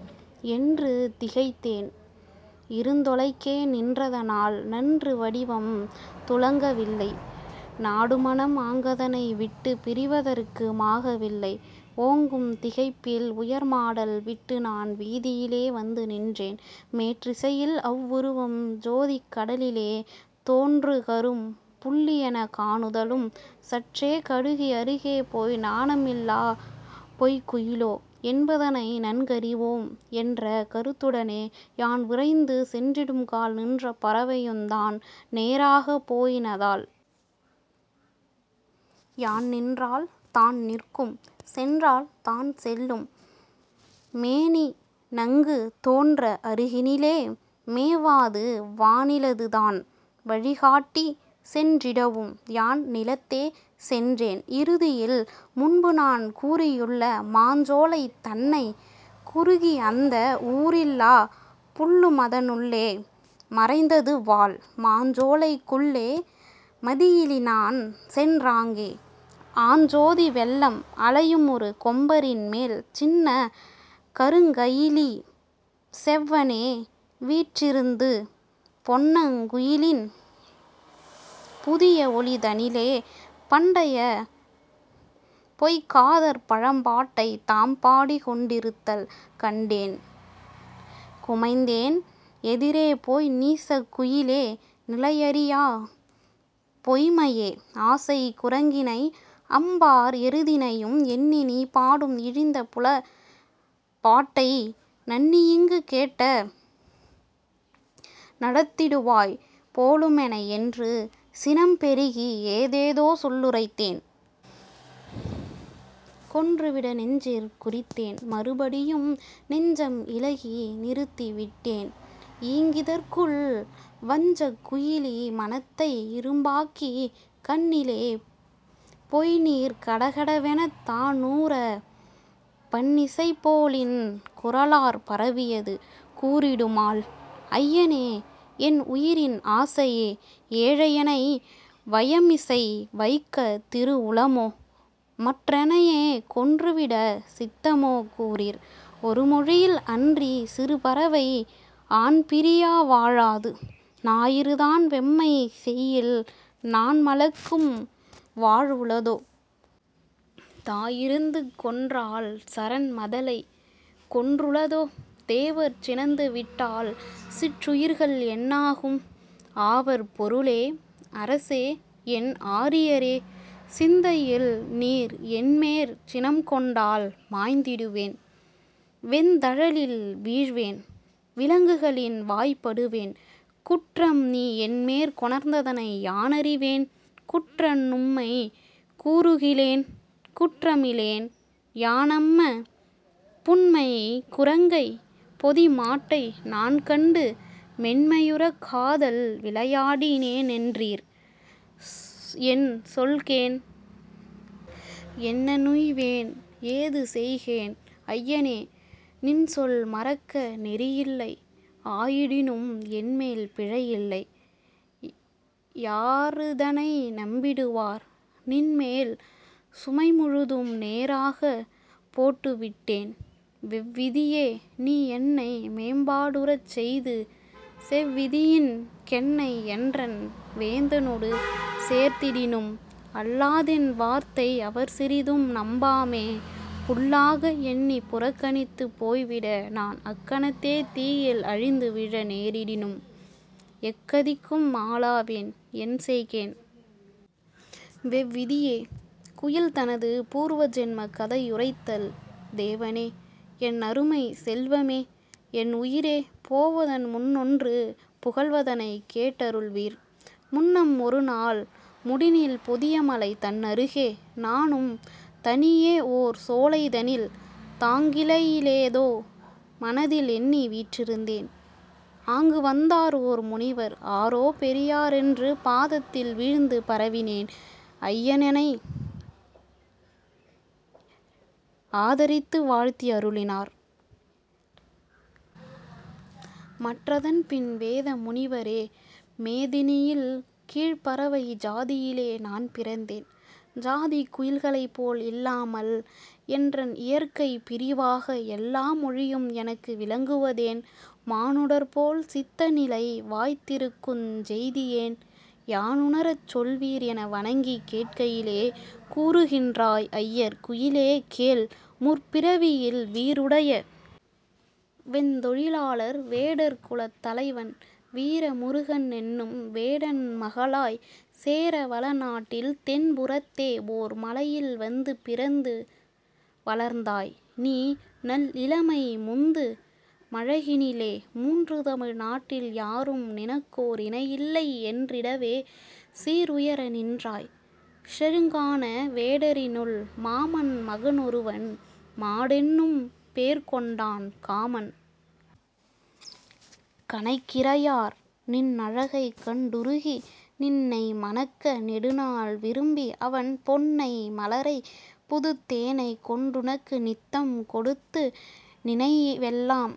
' என்று திகைத்தேன்; 'இருந்தொலைக்கே நின்றதனால் நன்று வடிவம் துலங்கவில்லை; நாடுமனம் ஆங்கதனை விட்டுப் பிரிவதற்கு மாக வில்லை. ஓங்குந் திகைப்பில் உயர்மாடம் விட்டுநான் வீதியிலே வந்துநின்றேன். மேற்றிசையில் அவ்வுருவம் சோதிக் கடலிலே தோன்றுகரும் புள்ளியெனக் காணுதலும், சற்றே கடுகி யருகே போய், 'நாணமிலாப் பொய்க்குயிலோ', என்பதனை நன்கறிவோம் என்ற கருத்துடனே யான்விரைந்து சென்றிடுங்கால், நின்ற பறவையுந்தான் நேராகப் போயினதால். யான் நின்றால் தான்நிற்கும் சென்றால் தான்செல்லும்; மேனிநன்கு தோன்ற அருகினிலே மேவாது வானி லதுதான் வழிகாட்டிச் சென்றிடவும் யான்நிலத்தே சென்றேன் இறுதியில் முன்புநாம் கூறியுள்ள மாஞ்சோலை தன்னைக் குறுகியந்த ஊரிலாப் புள்ளுமத னுள்ளே மறைந்ததுவால், மாஞ்சோலைக் குள்ளே மதியிலிநான் சென்றாங்கே ஆஞ்சோதி வெள்ளம் அலையுமொரு கொம்பரின்மேல் சின்னக் கருங்கயிலி செவ்வனே வீற்றிருந்து, பொன்னங்குழலின் புதிய ஒளிதனிலே பண்டைப் பொய்க்காதற் பழம்பாட்டைத் தாம்பாடிக் கொண்டிருத்தல் கண்டேன், குமைந்தேன்; எதிரேபோய், '' நீசக் குயிலே, நிலையறியாப் பொய்ம்மையே, ஆசைக் குரங்கினையும் அன்பார் எருதினையும் எண்ணிநீ பாடும் இழிந்த புலைப்பாட்டை நண்ணியிங்கு கேட்க நடத்திவந்தாய் போலுமெனை'' என்று சினம்பெருகி ஏதேதோ சொல்லுரைத்தேன். கொன்றுவிட நெஞ்சிற் குறித்தேன்; மறுபடியும் நெஞ்ச மிளகி நிறுத்திவிட்டேன். ஈங்கிதற்குள், வஞ்சக் குயிலி மனத்தை இரும்பாக்கிக் கண்ணிலே பொய்ந்நீர் கடகடவெனத் தானூற்றப் பண்ணிசைபோ லின்குரலாற் பரவியது கூறிடுமால்; 'ஐயனே, என்னுயிரின் ஆசையே! ஏழையெனை வையமிசை வைக்கத் திருவுளமோ? மற்றெனையே கொன்றுவிடச் சித்தமோ? கூறீர், ஒருமொழியில்! அன்றிற் சிறுபறவை ஆண்பிரிய வாழாது, ஞாயிறுதான் வெம்மைசெயில், நாண்மலக்கு வாழ்வுளதோ? தாயிருந்து கொன்றால் சரண்மதலைக் கொன்றுளதோ? தேவர் சினந்துவிட்டால், சிற்றுயிர்கள் என்னாகும்? ஆவற் பொருளே! அரசே! என் ஆரியரே! சிந்தையில் நீர் என்மேற் சினங்கொண்டால் மாய்ந்திடுவேன் வெந்தழலில் வீழ்வேன், விலங்குகளின் வாய்ப்படுவேன். குற்றம்நீர் என்மேற்கொணர்ந்ததனை யானறிவேன். குற்றநுமைக் கூறுகிலேன்; குற்றமிலேன் யானம்ம! புன்மைக் குரங்கைப் பொதிமாட்டை நான்கண்டு மென்மையுறக் காதல் விளையாடி னேன்என்றீர்; என்சொல்கேன்! எங்ஙனுய்வேன்! ஏதுசெய்கேன், ஐயனே! நின்சொல் மறக்க நெறியில்லை; ஆயிடினும் என்மேல் பிழையில்லை; யாரிதனை நம்பிடுவார்? நின்மேல் சுமைமுழுதும் நேராகப் போட்டுவிட்டேன். வெவ்விதியே! நீ என்னை மேம்பாடுறச் செய்து செவ்விதினிங் கென்னை என்றன் வேந்தனொடு சேர்த்திடினும் அல்லாதென் வார்த்தை அவர்சிறிதும் நம்பாமே புல்லாக எண்ணிப் புறக்கணித்துப் போய்விட, நான் அக்கணத்தே தீயில் அழிந்துவிழ நேரிடினும், எக்கதிக்கும் ஆளாவேன்; என்செய்கேன்? வெவ்விதியே!. குயில் தனது பூர்வ ஜன்மக் கதையுரைத்தல் ''தேவனே! என்னருமைச் செல்வமே? என்னுயிரே! போவதன் முன்னொன்று புகல்வதனைக் கேட்டருள் வீர்! முன்னம்ஒருநாள் முடிநீள் பொதியமலை தன்னருகே நானும் தனியேயோர் சோலைதனில் தாங்கிளையி லேதோ மனதிலெண்ணி வீற்றிருந்தேன். ஆங்குவந்தார் ஓர் முனிவர். ஆரோ பெரியரென்று பாதத்தில் வீழ்ந்து பரவினேன்; ஐயரெனை ஆதரித்து வாழ்த்தி அருளினார். மற்றதன்பின், 'வேத முனிவரே, மேதினியில் கீழ்ப்பறவைக் சாதியிலே நான் பிறந்தேன், சாதிக் குயில்களைப்போல் இல்லாமல், என்றன் இயற்கை பிரிவாகி, எல்லாம் மொழியும் எனக்கு விளங்குவதேன்? மானுடர்போல் சித்தநிலை வாயித்திருக்குஞ் செய்தியேன்? யானுணரச் சொல்வீர்' என வணங்கிக் கேட்கையிலே, கூறுகின்றாய் ஐயர்: 'குயிலே! கேள், முற்பிறப்பில் வீறுடைய வெந்தொழிலார் வேடர் குலத்தலைவன் வீர முருகனென்னும் வேடன் மகளாகச் சேர வளநாட்டில் தென்புறத்தே ஓர்மலையில் வந்து பிறந்து வள்ர்ந்தாய் நீ, நல்லிளமை முந்து மழகினிலே மூன்றுதமிழ் நாட்டில் யாரும் நினக்கோர் இணையில்லை என்றிடவே சீருயர நின்றாய்; செழுங்கான வேடரிலுன் மாமன் மகனொருவன் மாடனெனும் பேர்கொண்டான், காமன் கணைக்கிரையாய், நின்னழகைக் கண்டுருகி, நின்னை மணக்க நெடுநாள் விரும்பி, அவன் பொன்னை மலரைப் புதுத்தேனைக் கொண்டுனக்கு நித்தம் கொடுத்து நினைவெல்லாம்